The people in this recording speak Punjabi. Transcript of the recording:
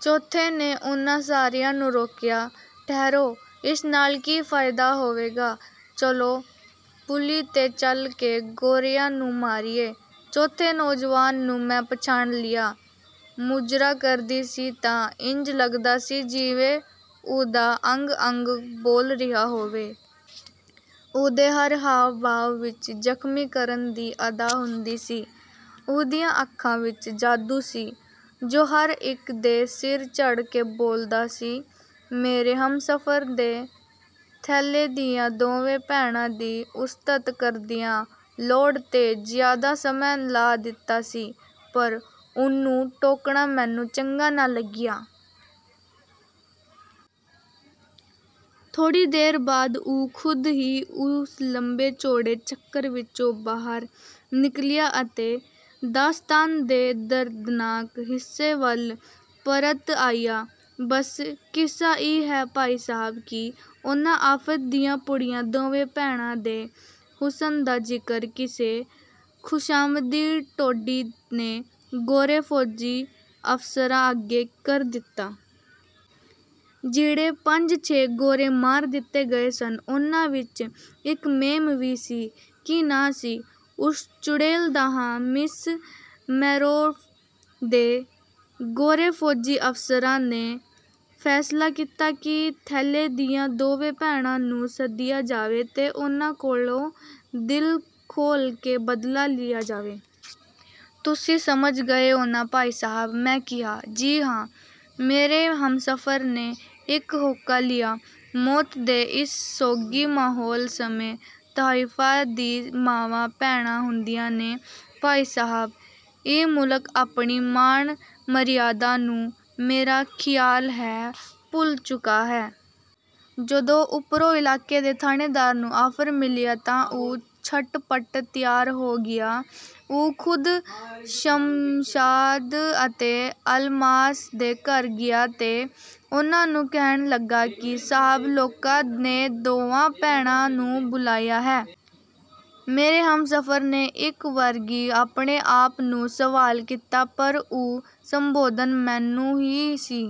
ਚੌਥੇ ਨੇ ਉਨ੍ਹਾਂ ਸਾਰਿਆਂ ਨੂੰ ਰੋਕਿਆ, "ਠਹਿਰੋ-- ਇਸ ਨਾਲ ਕੀ ਫਾਇਦਾ ਹੋਵੇਗਾ ਚਲੋ ਪੁਲੀ 'ਤੇ ਚੱਲ ਕੇ ਗੋਰਿਆਂ ਨੂੰ ਮਾਰੀਏ"। ਚੌਥੇ ਨੌਜਵਾਨ ਨੂੰ ਮੈਂ ਪਛਾਣ ਲਿਆ। ਮੁਜਰਾ ਕਰਦੀ ਸੀ ਤਾਂ ਇੰਜ ਲੱਗਦਾ ਸੀ ਜਿਵੇਂ ਉਹਦਾ ਅੰਗ-ਅੰਗ ਬੋਲ ਰਿਹਾ ਹੋਵੇ। ਉਹਦੇ ਹਰ ਹਾਵ-ਭਾਵ ਵਿੱਚ ਜ਼ਖ਼ਮੀ ਕਰਨ ਦੀ ਅਦਾ ਹੁੰਦੀ ਸੀ। ਉਹਦੀਆਂ ਅੱਖਾਂ ਵਿੱਚ ਜਾਦੂ ਸੀ, ਜੋ ਹਰ ਇੱਕ ਦੇ ਸਿਰ ਚੜ੍ਹ ਕੇ ਬੋਲਦਾ ਸੀ। "ਮੇਰੇ ਹਮਸਫ਼ਰ ਨੇ ਥੈਲੇ ਦੀਆਂ ਦੋਵੇਂ ਭੈਣਾਂ ਦੀ ਉਸਤਤ ਕਰਦਿਆਂ ਲੋੜ ਤੋਂ ਜ਼ਿਆਦਾ ਸਮਾਂ ਲਾ ਦਿੱਤਾ ਸੀ ਪਰ ਉਹਨੂੰ ਟੋਕਣਾ ਮੈਨੂੰ ਚੰਗਾ ਨਾ ਲੱਗਿਆ। ਥੋੜ੍ਹੀ ਦੇਰ ਬਾਅਦ ਉਹ ਖ਼ੁਦ ਹੀ ਉਸ ਲੰਬੇ-ਚੌੜੇ ਚੱਕਰ ਵਿੱਚੋਂ ਬਾਹਰ ਨਿਕਲਿਆ ਅਤੇ ਦਾਸਤਾਨ ਦੇ ਦਰਦਨਾਕ ਹਿੱਸੇ ਵੱਲ ਪਰਤ ਆਇਆ। "ਬਸ ਕਿੱਸਾ ਇਹ ਹੈ ਭਾਈ ਸਾਹਿਬ ਕਿ ਉਨ੍ਹਾਂ ਆਫ਼ਤ ਦੀਆਂ ਪੁੜੀਆਂ ਦੋਵੇਂ ਭੈਣਾਂ ਦੇ ਹੁਸਨ ਦਾ ਜ਼ਿਕਰ ਕਿਸੇ ਖ਼ੁਸ਼ਾਮਦੀ ਟੋਡੀ ਨੇ ਗੋਰੇ ਫ਼ੌਜੀ ਅਫ਼ਸਰਾਂ ਅੱਗੇ ਕਰ ਦਿੱਤਾ। ਜਿਹੜੇ ਪੰਜ-ਛੇ ਗੋਰੇ ਮਾਰ ਦਿੱਤੇ ਗਏ ਸਨ, ਉਨ੍ਹਾਂ ਵਿੱਚ ਇੱਕ ਮੇਮ ਵੀ ਸੀ ਕੀ ਨਾਂ ਸੀ ਉਸ ਚੁੜੇਲ ਦਾਹਾਂ ਮਿਸ ਮੈਰੋ ਤੇ ਗੋਰੇ ਫ਼ੌਜੀ ਅਫ਼ਸਰਾਂ ਨੇ ਫ਼ੈਸਲਾ ਕੀਤਾ ਕਿ ਥੈਲੇ ਦੀਆਂ ਦੋਵੇਂ ਭੈਣਾਂ ਨੂੰ ਸੱਦਿਆ ਜਾਵੇ ਤੇ ਉਨ੍ਹਾਂ ਕੋਲੋਂ ਦਿਲ ਖੋਲ੍ਹ ਕੇ ਬਦਲਾ ਲਿਆ ਜਾਵੇ। ਤੁਸੀਂ ਸਮਝ ਗਏ ਓ ਨਾ ਭਾਈ ਸਾਹਿਬ?" ਮੈਂ ਕਿਹਾ, "ਜੀ ਹਾਂ।" ਮੇਰੇ ਹਮਸਫ਼ਰ ਨੇ ਇੱਕ ਹਉਕਾ ਲਿਆ, "ਮੌਤ ਦੇ ਇਸ ਸੋਗੀ ਮਾਹੌਲ ਸਮੇਂ ਤਾਇਫ਼ਾਂ ਵੀ ਮਾਵਾਂ, ਭੈਣਾਂ ਹੁੰਦੀਆਂ ਨੇ। ਭਾਈ ਸਾਹਿਬ, ਇਹ ਮੁਲਕ ਆਪਣੀ ਮਾਣ-ਮਰਿਆਦਾ ਨੂੰ ਮੇਰਾ ਖ਼ਿਆਲ ਹੈ ਭੁੱਲ ਚੁੱਕਾ ਹੈ। ਜਦੋਂ ਉਪਰੋਂ ਇਲਾਕੇ ਦੇ ਥਾਣੇਦਾਰ ਨੂੰ ਆਰਡਰ ਮਿਲਿਆ ਤਾਂ ਉਹ ਝੱਟ-ਪੱਟ ਤਿਆਰ ਹੋ ਗਿਆ। ਉਹ ਖ਼ੁਦ ਸ਼ਮਸ਼ਾਦ ਅਤੇ ਅਲਮਾਸ ਦੇ ਘਰ ਗਿਆ ਤੇ ਉਨ੍ਹਾਂ ਨੂੰ ਕਹਿਣ ਲੱਗਾ ਕਿ ਸਾਹਿਬ ਲੋਕਾਂ ਨੇ ਦੋਵਾਂ ਭੈਣਾਂ ਨੂੰ ਬੁਲਾਇਆ ਹੈ। ਮੇਰੇ ਹਮਸਫ਼ਰ ਨੇ ਇੱਕ ਵਾਰਗੀ ਆਪਣੇ ਆਪ ਨੂੰ ਸਵਾਲ ਕੀਤਾ ਪਰ ਉਹ ਸੰਬੋਧਤ ਮੈਨੂੰ ਹੀ ਸੀ।